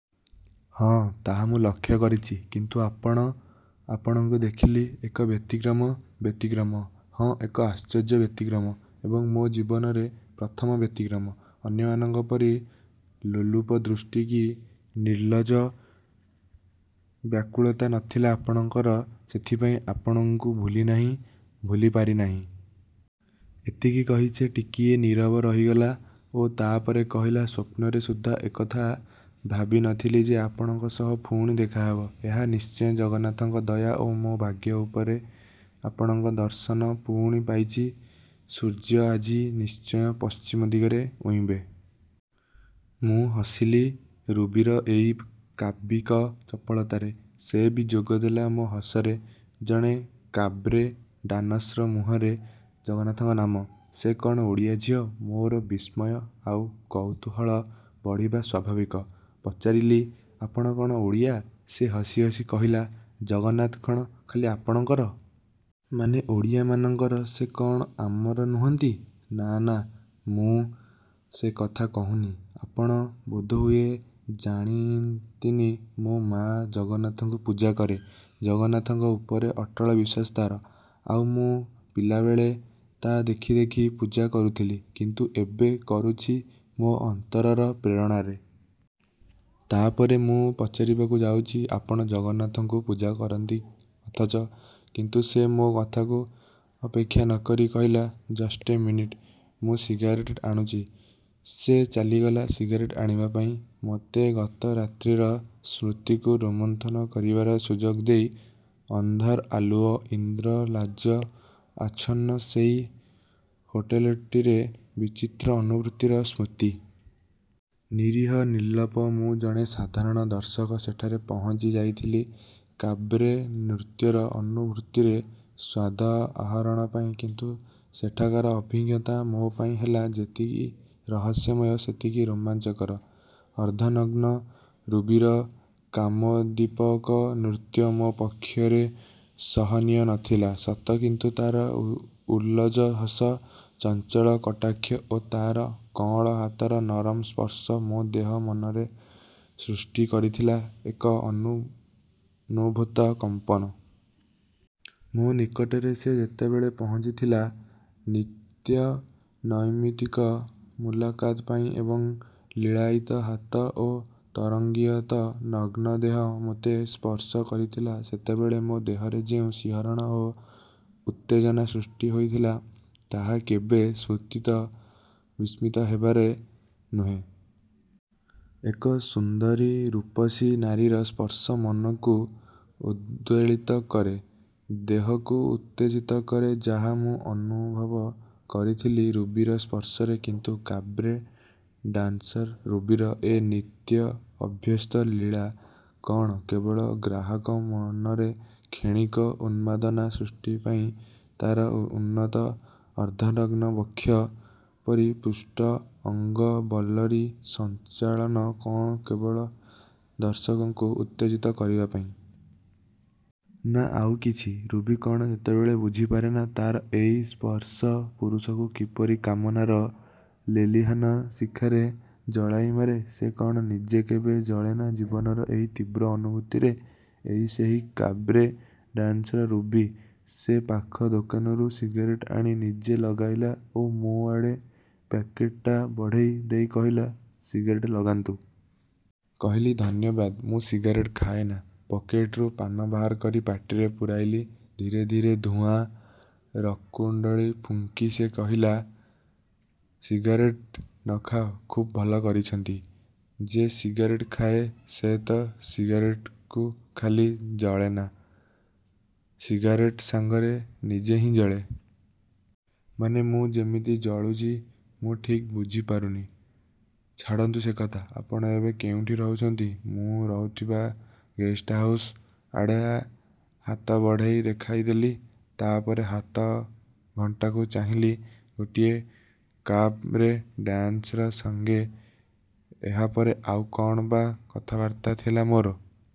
"ହଁ ତାହା ମୁଁ ଲକ୍ଷ୍ୟ କରିଛି " "କିନ୍ତୁ ଆପଣ? ଆପଣଙ୍କୁ ଦେଖିଲି ଏକ ବ୍ୟତିକ୍ରମ," "ବ୍ୟତିକ୍ରମ? " "ହଁ ଏକ ଆଶ୍ଚର୍ଯ୍ୟ ବ୍ୟତିକ୍ରମ ଏବଂ ମୋ' ଜୀବନରେ ପ୍ରଥମ ବ୍ୟତିକ୍ରମ। ଅନ୍ୟମାନଙ୍କ ପରି ଲୋଲୁପ ଦୃଷ୍ଟି, କି ନିର୍ଲଜ୍ଜ ବ୍ୟାକୁଳତା ନଥିଲା ଆପଣଙ୍କର ସେଥିପାଇଁ ଆପଣଙ୍କୁ ଭୁଲିନାହିଁ ଭୁଲିପାରିନାହିଁ। " ଏତିକି କହି ସେ ଟିକିଏ ନୀରବ ରହିଗଲା ଓ ତା'ପରେ କହିଲା-ସ୍ଵପ୍ନରେ ସୁଦ୍ଧା ଏକଥା ଭାବିନଥିଲି ଯେ ଆପଣଙ୍କ ସହ ପୁଣି ଦେଖାହେବ। ଏହା ନିଶ୍ଚୟ ଜଗନ୍ନାଥଙ୍କ ଦୟା ଓ ମୋ' ଭାଗ୍ୟ ଯେ ଆପଣଙ୍କ ଦର୍ଶନ ପୁଣି ପାଇଛି। ସୂର୍ଯ୍ୟ ଆଜି ନିଶ୍ଚୟ ପଶ୍ଚିମ ଦିଗରେ ଉଇଁବେ। " ମୁଁ ହସିଲି ରୁବିର ଏଇ କାବ୍ୟିକ ଚପଳତାରେ। ସେ ବି ଯୋଗଦେଲା ମୋ' ହସରେ। ଜଣେ କାବ୍ରେ ଡାନସ୍ର ମୁହଁରେ ଜଗନ୍ନାଥଙ୍କ ନାମ? ସେ କ'ଣ ଓଡ଼ିଆ ଝିଅ? ମୋର ବିସ୍ମୟ ଆଉ କୌତୂହଳ ବଢ଼ିବା ସ୍ଵାଭାବିକ। ପଚାରିଲି-ଆପଣ କ'ଣ ଓଡ଼ିଆ? ସେ ହସି ହସି କହିଲା-ଜଗନ୍ନାଥ କ'ଣ ଖାଲି ଆପଣମାନଙ୍କର। ମାନେ ଓଡ଼ିଆ ମାନଙ୍କର? ସେ କ'ଣ ଆମର ନୁହନ୍ତି? 'ନା-ନା ମୁଁ ସେ କଥା କହୁନି ' "ଆପଣ ବୋଧହୁଏ ଜାଣନ୍ତିନି ମୋ' ମାଆ ଜଗନ୍ନାଥଙ୍କୁ ପୂଜା କରେ। ଜଗନ୍ନାଥଙ୍କ ଉପରେ ଅଟଳ ବିଶ୍ଵାସ ତା'ର। ଆଉ ମୁଁ ପିଲବେଳେ ତା' ଦେଖାଦେଖି ପୂଜା କରୁଥିଲି; କିନ୍ତୁ ଏବେ କରୁଛି ମୋ' ଅନ୍ତରର ପ୍ରେରଣାରେ। ତା'ପରେ ମୁଁ ପଚାରିବାକୁ ଯାଉଛି-ଆପଣ ଜଗନ୍ନାଥଙ୍କୁ ପୂଜା କରନ୍ତି ଅଥଚ କିନ୍ତୁ ସେ ମୋ' କଥାକୁ ଅପେକ୍ଷା ନକରି କହିଲା-ଜଷ୍ଟ ଏ ମିନିଟ୍। ମୁଁ ସିଗାରେଟ ଆଣୁଛି। ସେ ଚାଲିଗଲା ସିଗାରେଟ୍ ଆଣିବାପାଇଁ ମୋତେ ଗତରାତ୍ରିର ସ୍ମୃତିକୁ ରୋମନ୍ଥନ କରିବାର ସୁଯୋଗ ଦେଇ। ଅନ୍ଧାର ଆଲୁଅ ଇନ୍ଦ୍ର ଜାଲ ଆଚ୍ଛନ୍ନ ସେଇ ହୋଟେଲଟିରେ ବିଚିତ୍ର ଅନୁଭୂତିର ସ୍ମୃତି। ନିରୀହ ନିର୍ଲିପ୍ତ ମୁଁ ଜଣେ ସାଧାରଣ ଦର୍ଶକ ସେଠାରେ ପହଞ୍ଚି ଯାଇଥିଲି କାବ୍ରେ ନୃତ୍ୟର ଅନୁଭୂତିର ସ୍ଵାଦ ଆହରଣ ପାଇଁ; କିନ୍ତୁ ସେଠାକାର ଅଭିଜ୍ଞତା ମୋପାଇଁ ହେଲା ଯେତିକି ରହସ୍ୟମୟ ସେତିକି ରୋମାଞ୍ଚକର। ଅର୍ଦ୍ଧନଗ୍ନ ରୁବିର କାମୋଦ୍ଦୀପକ ନୃତ୍ୟ ମୋ' ପକ୍ଷରେ ସହନୀୟ ନଥିଲା ସତ; କିନ୍ତୁ ତା'ର ସଲ୍ଲଜ ହସ, ଚଞ୍ଚଳ କଟାକ୍ଷ ଓ ତା'ର କଅଁଳ ହାତର ନରମ ସ୍ପର୍ଶ ମୋ' ଦେହ, ମନରେ ସୃଷ୍ଟି କରିଥିଲା ଏକ ଅନନୁଭୂତ କମ୍ପନ। ମୋ' ନିକଟରେ ସେ ଯେତେବେଳେ ପହଞ୍ଚିଥିଲା ନିତ୍ୟ ନୈମିତିକ 'ମୁଲାକତ୍' ପାଇଁ ଏବଂ ଲୀଳାୟିତ ହାତ ଓ ତରଙ୍ଗାୟିତ ନଗ୍ନ ଦେହ ମୋତେ ସ୍ପର୍ଶ କରିଥିଲା ସେତେବେଳେ ମୋ' ଦେହରେ ଯେଉଁ ଶିହରଣ ଓ ଉତ୍ତେଜନା ସୃଷ୍ଟି ହୋଇଥିଲା ତାହା କେବେ ବିସ୍ମୃତ ହେବାର ନୁହେଁ। ଏକ ସୁନ୍ଦରୀ ରୂପସୀ ନାରୀର ସ୍ପର୍ଶ ମନକୁ ଉଦ୍ବେଳିତ କରେ, ଦେହକୁ ଉତ୍ତେଜିତ କରେ ଯାହା ମୁଁ ଅନୁଭବ କରିଥିଲି ରୁବିର ସ୍ପର୍ଶରେ। କିନ୍ତୁ କାବ୍ରେ ଡାନ୍ସର ରୁବିର ଏ ନିତ୍ୟ ଅଭ୍ୟସ୍ତ ଲୀଳା କ'ଣ କେବଳ ଗ୍ରାହକ ମନରେ କ୍ଷଣିକ ଉନ୍ମାଦନା ସୃଷ୍ଟିପାଇଁ? ତା'ର ଉନ୍ନତ ଅର୍ଦ୍ଧନଗ୍ନ ବକ୍ଷ, ପରିପୁଷ୍ଟ ଅଙ୍ଗ ବଲ୍ଲରୀ ସଞ୍ଚାଳନ କ'ଣ କେବଳ ଦର୍ଶକଙ୍କୁ ଉତ୍ତେଜିତ କରିବାପାଇଁ? ନା ଆଉ କିଛି? ରୁବି କ'ଣ ସେତେବେଳେ ବୁଝିପାରେନା ତା'ର ଏଇ ସ୍ପର୍ଶ ପୁରୁଷକୁ କିପରି କାମନାର ଲେଲିହାନ ଶିଖାରେ ଜଳାଇମାରେ। ସେ କ'ଣ ନିଜେ କେବେ ଜଳେନା ଜୀବନର ଏଇ ତୀବ୍ର ଅନୁଭୂତିରେ? ଏଇ ସେହି କାବ୍ରେ ଡାନ୍ସର ରୁବି। ସେ ପାଖ ଦୋକାନରୁ ସିଗାରେଟ୍ ଆଣି ନିଜେ ଲଗାଇଲା ଓ ମୋ' ଆଡ଼େ ପ୍ୟାକେଟ୍ଟା ବଢ଼େଇ ଦେଇ କହିଲା-ସିଗାରେଟ୍ ଲଗାନ୍ତୁ। କହିଲି-'ଧନ୍ୟବାଦ। ମୁଁ ସିଗାରେଟ୍ ଖାଏନା' ପକେଟରୁ ପାନ ବାହାର କରି ପାଟିରେ ପୂରାଇଲି। ଧୀରେ ଧୀରେ ଧୂଆଁ ରକୁଣ୍ତଳୀ ଫୁଙ୍କି ସେ କହିଲା-ସିଗାରେଟ ନଖାଇ ଖୁବ୍ ଭଲକରିଛନ୍ତି। ଯେ ସିଗାରେଟ୍ ଖାଏ ସେ ତ ସିଗାରେଟ୍କୁ ଖାଲି ଜାଳେନା, ସିଗାରେଟ୍ ସାଙ୍ଗରେ ନିଜେ ହିଁ ଜଳେ। "ମାନେ? " 'ମୁଁ ଯେମିତି ଜଳୁଛି। " "ମୁଁ ଠିକ୍ ବୁଝିପାରୁନି " "ଛାଡ଼ନ୍ତୁ ସେ କଥା। ଆପଣ ଏବେ କେଉଁଠି ରହୁଛନ୍ତି? " ମୁଁ ରହୁଥିବା ଗେଷ୍ଟ ହାଉସ ଆଡ଼େ ହାତ ବଢ଼େଇ ଦେଖାଇଦେଲି। ତା'ପରେ ହାତ ଘଣ୍ଟାକୁ ଚାହିଁଲି। ଗୋଟିଏ କାବ୍ ରେ ଡାନ୍ସର ସଙ୍ଗେ ଏହାପରେ ଆଉ କ'ଣ ବା କଥାବାର୍ତ୍ତା ଥିଲା ମୋର।